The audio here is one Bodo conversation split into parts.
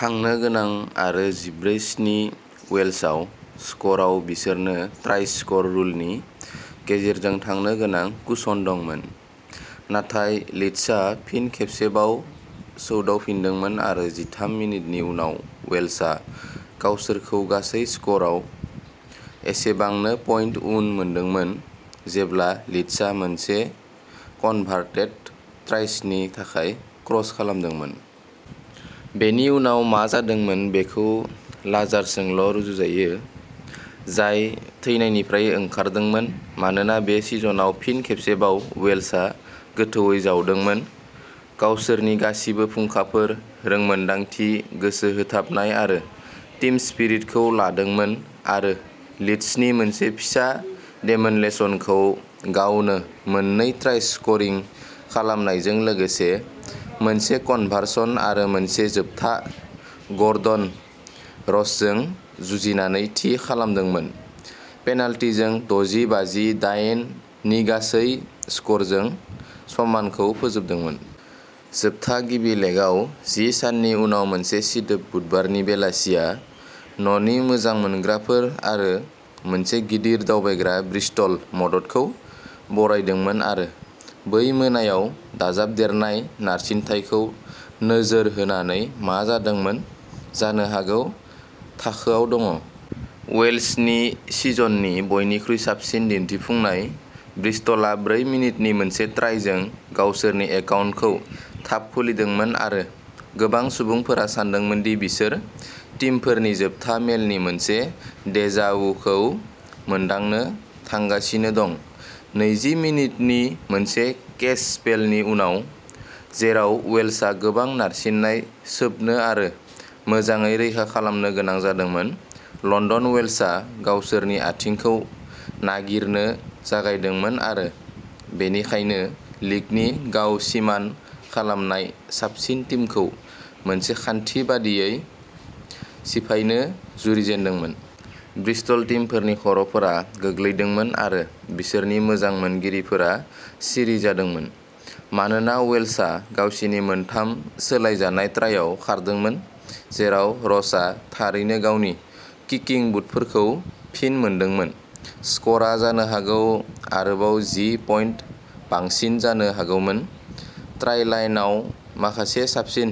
थांनो गोनां आरो जिब्रै-स्नि वेल्शआव स्क'रआव बिसोरनो ट्राइस स्क'र रुलनि गेजेरजों थांनो गोनां कुशन दंमोन। नाथाय लीड्सआ फिन खेबसेबाव सौदावफिनदोंमोन आरो जिथाम मिनिटनि उनाव वेल्शआ गावसोरखौ गासै स्क'रआव एसेबांनो पइन्ट उन मोनदोंमोन जेब्ला लीड्सआ मोनसे कनभार्टेड ट्राइसनि थाखाय क्रस खालामदोंमोन। बेनि उनाव मा जादोंमोन बेखौ लाजारसजोंल' रुजुजायो, जाय थैनायनिफ्राय ओंखारदोंमोन मानोना बे सिजनआव फिन खेबसेबाव, वेल्शआ गोथौवै जावदोंमोन, गावसोरनि गासिबो फुंखाफोर, रोंमोनदांथि, गोसो होथाबनाय आरो टीम स्पिरिटखौ लादोंमोन आरो लीड्सनि मोनसे फिसा डेमोनलेसनखौ गावनो मोननै ट्राइस स्क'रिं खालामनायजों लोगोसे मोनसे कनभार्सन आरो मोनसे जोबथा ग'र्डन रसजों जुजिनानै थि खालामदोंमोन, पेनाल्टिजों दजि-बाजि दायेन नि गासै स्क'रजों समानखौ फोजोबदोंमोन। जोबथा गिबि लेगआव जि साननि उनाव मोनसे सिदोब बुधबारनि बेलासिया न'नि मोजां मोनग्राफोर आरो मोनसे गिदिर दावबायग्रा ब्रिस्टल मददखौ बरायदोंमोन आरो बै मोनायाव दाजाबदेरनाय नारसिनथायखौ नोजोर होनानै मा जादोंमोन, जानो हागौ थाखोयाव दङ। वेल्शनि सिजननि बयनिख्रुइ साबसिन दिन्थिफुंनाय। ब्रिस्टलआ ब्रै मिनिटनि मोनसे ट्राइजों गावसोरनि एकाउन्टखौ थाब खुलिदोंमोन आरो गोबां सुबुंफोरा सानदोंमोन दि बिसोर टीमफोरनि जोबथा मेलनि मोनसे डेजा वुखौ मोनदांनो थांगासिनो दं। नैजि मिनिटनि मोनसे केज स्पेलनि उनाव, जेराव वेल्शआ गोबां नारसिननाय सोबनो आरो मोजाङै रैखा खालामनो गोनां जादोंमोन, लन्दन वेल्शआ गावसोरनि आथिंखौ नागिरनो जागायदोंमोन आरो बेनिखायनो लीगनि गाव-सिमान खालामनाय साबसिन टीमखौ मोनसे खान्थि बायदियै सिफायनो जुरिजेनदोंमोन। ब्रिस्टल टीमफोरनि खर'फोरा गोग्लैदोंमोन आरो बिसोरनि मोजां मोनगिरिफोरा सिरि जादोंमोन मानोना वेल्शआ गावसिनि मोनथाम सोलायजानाय ट्राइआव खारदोंमोन, जेराव र'सआ थारैनो गावनि किकिं बुटफोरखौ फिन मोनदोंमोन। स्क'रआ जानो हागौ आरोबाव जि पइन्ट बांसिन जानो हागौमोन, ट्राइ लाइनआव माखासे साबसिन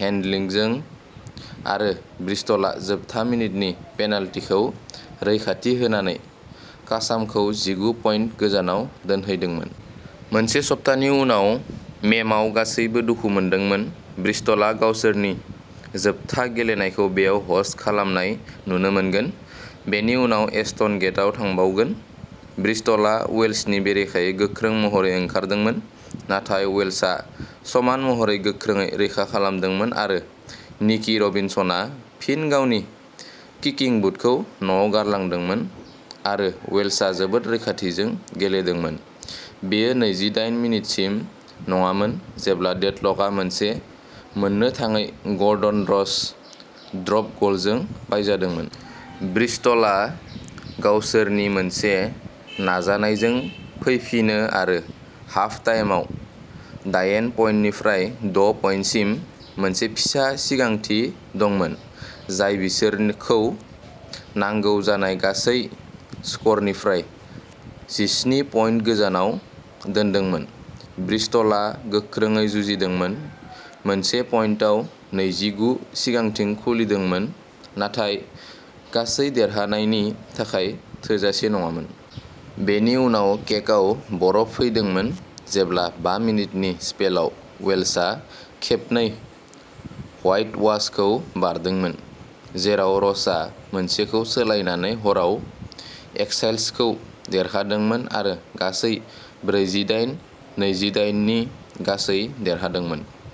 हेन्डलिंगजों आरो ब्रिस्टलआ जोबथा मिनिटनि पेनाल्टिखौ रैखाथि होनानै कासामखौ जिगु पइन्ट गोजानाव दोनहैदोंमोन। मोनसे सप्तानि उनाव मेम आव गासैबो दुखु मोनदोंमोन। ब्रिस्टलआ गावसोरनि जोबथा गेलेनायखौ बैयाव ह'स्ट खालामनाय नुनो मोनगोन, बेनि उनाव एश्टन गेटआव थांबावगोन। ब्रिस्टलआ वेल्शनि बेरेखायै गोख्रों महरै ओंखारदोंमोन, नाथाय वेल्शआ समान महरै गोख्रोंयै रैखा खालामदोंमोन आरो निकि रबिनसनआ फिन गावनि किकिं बुटखौ न'आव गारलांदोंमोन आरो वेल्शआ जोबोद रैखाथिजों गेलेदोंमोन, बेयो नैजिदायेन मिनिटसिम नङामोन जेब्ला डेडल'कआ मोनसे मोननो थाङै ग'र्डन रस ड्रप गलजों बायजादोंमोन। ब्रिस्टलआ गावसोरनि मोनसे नाजानायजों फैफिनो आरो हाफ टाइमआव दायेन पइन्टनिफ्राय द' पइन्टसिम मोनसे फिसा सिगांथि दंमोन, जाय बिसोरखौ नांगौ जानाय गासै स्क'रनिफ्राय जिस्नि पइन्ट गोजानाव दोनदोंमोन। ब्रिस्टलआ गोख्रोंयै जुजिदोंमोन, मोनसे पइन्टआव नैजि-गु सिगांथि खुलिदोंमोन, नाथाय गासै देरहानायनि थाखाय थोजासे नङामोन। बेनि उनाव केकआव बरफ फैदोंमोन जेब्ला बा मिनिटनि स्पेलआव वेल्शआ खेबनै व्हाइटवाशखौ बारदोंमोन, जेराव रसआ मोनसेखौ सोलायनानै हराव एक्साइल्सखौ देरहादोंमोन आरो गासै ब्रैजिदयेन-नैजिदायेन नि गासै देरहादोंमोन।